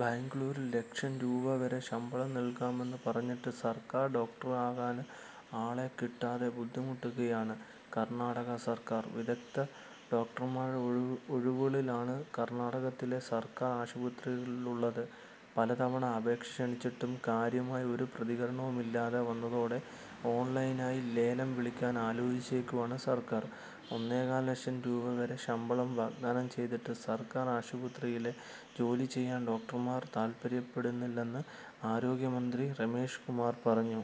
ബെംഗളൂരു: ലക്ഷം രൂപ വരെ ശമ്പളം നല്കാമെന്ന് പറഞ്ഞിട്ടും സര്ക്കാര് ഡോക്ടറാകാന് ആളെ കിട്ടാതെ ബുദ്ധിമുട്ടുകയാണ് കര്ണാടക സര്ക്കാര്. വിദഗ്ധ ഡോക്ടര്മാരുടെ ഒഴിവുകളാണ് കര്ണാടകത്തിലെ സര്ക്കാര് ആശുപത്രികളിലുള്ളത്. പലതവണ അപേക്ഷ ക്ഷണിച്ചിട്ടും കാര്യമായ ഒരു പ്രതികരണവുമില്ലാതെ വന്നതോടെ ഓണ്ലൈനായി ലേലം വിളിക്കാന് ആലോചിക്കുകയാണ് സര്ക്കാര്. ഒന്നേകാല് ലക്ഷം രൂപ വരെ ശമ്പളം വാഗ്ദാനം ചെയ്തിട്ടും സര്ക്കാര് ആശുപത്രിയില് ജോലി ചെയ്യാന് ഡോക്ടര്മാര് താത്പര്യപ്പെടുന്നില്ലെന്ന് ആരോഗ്യമന്ത്രി രമേശ് കുമാര് പറഞ്ഞു.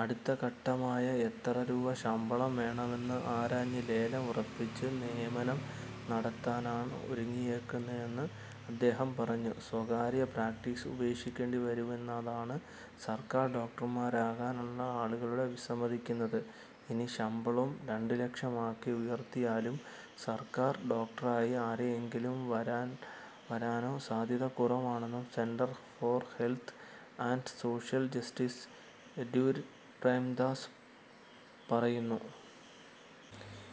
അടുത്ത ഘട്ടമായി എത്ര രൂപ ശമ്പളം വേണം എന്ന് ആരാഞ്ഞ് ലേലം ഉറപ്പിച്ച് നിയമനം നടത്താന് ഒരുങ്ങുകയാണെന്നും അദ്ദേഹം പറഞ്ഞു. സ്വകാര്യ പ്രാക്ടീസ് ഉപേക്ഷിക്കേണ്ടി വരുന്നതാണ് സര്ക്കാര് ഡോക്ടര്മാരാകാന് ആളുകള് വിസമ്മതിക്കുന്നത്. ഇനി ശമ്പളം രണ്ട് ലക്ഷം ആക്കി ഉയര്ത്തിയാലും സര്ക്കാര് ഡോക്ടറായി ആരെങ്കിലും വരാന് സാധ്യത കുറവാണെന്ന് Centre for Health and Social ജസ്റ്റിസിലെ എഡ്വാര്ഡ് പ്രേംദാസ് പിന്റോ പറയുന്നു.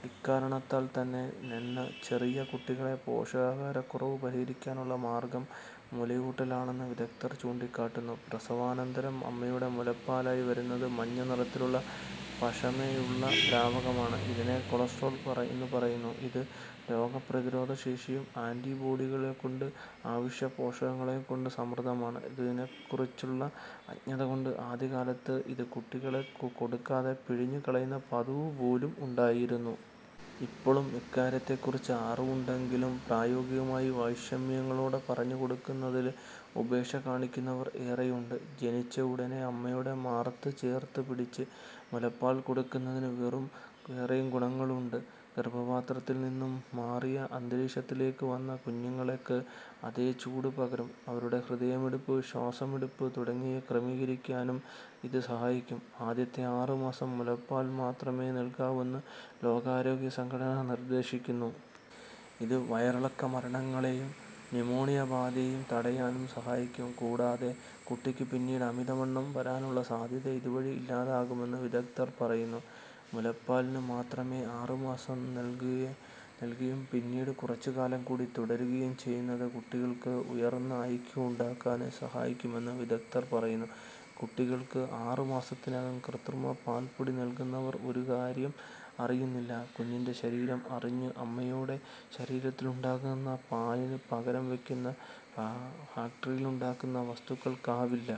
ഇക്കാരണത്താല്ത്തന്നെ നന്നേ ചെറിയ കുട്ടികളിലെ പോഷകാഹാരക്കുറവ് പരിഹരിക്കാനുള്ള മാര്ഗം മുലയൂട്ടലാണെന്ന് വിദഗ്ധര് ചൂണ്ടിക്കാട്ടുന്നു. പ്രസവാനന്തരം അമ്മയുടെ മുലപ്പാലായി വരുന്നത് മഞ്ഞനിറത്തിലുള്ള പശിമയുള്ള ദ്രാവകമാണ്. ഇതിനെ കൊളസ്ട്രം എന്നുപറയുന്നു. ഇത് രോഗപ്രതിരോധ ശേഷിയുള്ള ആന്റിബോഡികള്കൊണ്ടും അവശ്യപോഷകങ്ങള്കൊണ്ടും സമൃദ്ധമാണ്. ഇതേക്കുറിച്ചുള്ള അജ്ഞതകൊണ്ട് ആദ്യകാലത്ത് ഇത് കുട്ടിക്ക് കൊടുക്കാതെ പിഴിഞ്ഞ് കളയുന്ന പതിവുപോലും ഉണ്ടായിരുന്നു. ഇപ്പോള് ഇക്കാര്യത്തെക്കുറിച്ച് അറിവുണ്ടെങ്കിലും പ്രായോഗികമായ വൈഷമ്യങ്ങള്പറഞ്ഞ് കൊടുക്കുന്നതില് ഉപേക്ഷ കാണിക്കുന്നവര് ഏറെയുണ്ട്. ജനിച്ചയുടന് അമ്മയുടെ മാറത്തുചേര്ത്തുവെച്ച് മുലപ്പാല് കൊടുക്കുന്നതിന് വേറെയും ഗുണങ്ങളുണ്ട്. ഗര്ഭപാത്രത്തില്നിന്ന് മാറിയ അന്തരീക്ഷത്തിലേക്ക് വന്ന കുഞ്ഞുങ്ങള്ക്ക് അത് ചൂടുപകരും. അവരുടെ ഹൃദയമിടിപ്പ്, ശ്വാസമെടുപ്പ് തുടങ്ങിയവ ക്രമീകരിക്കാനും ഇത് സഹായിക്കും. ആദ്യത്തെ ആറുമാസം മുലപ്പാല്മാത്രമേ നല്കാവൂയെന്ന് ലോകാരോഗ്യസംഘടന നിര്ദേശിക്കുന്നു. ഇത് വയറിളക്കമരണങ്ങളും ന്യൂമോണിയബാധയും തടയാന് സഹായിക്കും. കൂടാതെ, കുട്ടിക്ക് പിന്നീട് അമിതവണ്ണം വരാനുള്ള സാധ്യതയും ഇതുവഴി ഇല്ലാതാകുമെന്ന് വിദഗ്ധര് പറയുന്നു. മുലപ്പാല്മാത്രം ആറുമാസം നല്കുകയും പിന്നീട് കുറച്ചുകാലംകൂടി തുടരുകയും ചെയ്യുന്നത് കുട്ടികള്ക്ക് ഉയര്ന്ന ഐ. ക്യൂ. ഉണ്ടാകാന് സഹായിക്കുമെന്നും വിദഗ്ധര് പറയുന്നു. കുട്ടികള്ക്ക് അറുമാസത്തിനകം കൃത്രമപാല്പ്പൊടി നല്കുന്നവര് ഒരുകാര്യം അറിയുന്നില്ല, കുഞ്ഞിന്റെ ശരീരം അറിഞ്ഞ് അമ്മയുടെ ശരീരത്തിലുണ്ടാകുന്ന പാലിന് പകരംവെയ്ക്കാന് ഫാക്ടറിയിലുണ്ടാക്കുന്ന വസ്തുക്കള്ക്കാവില്ല.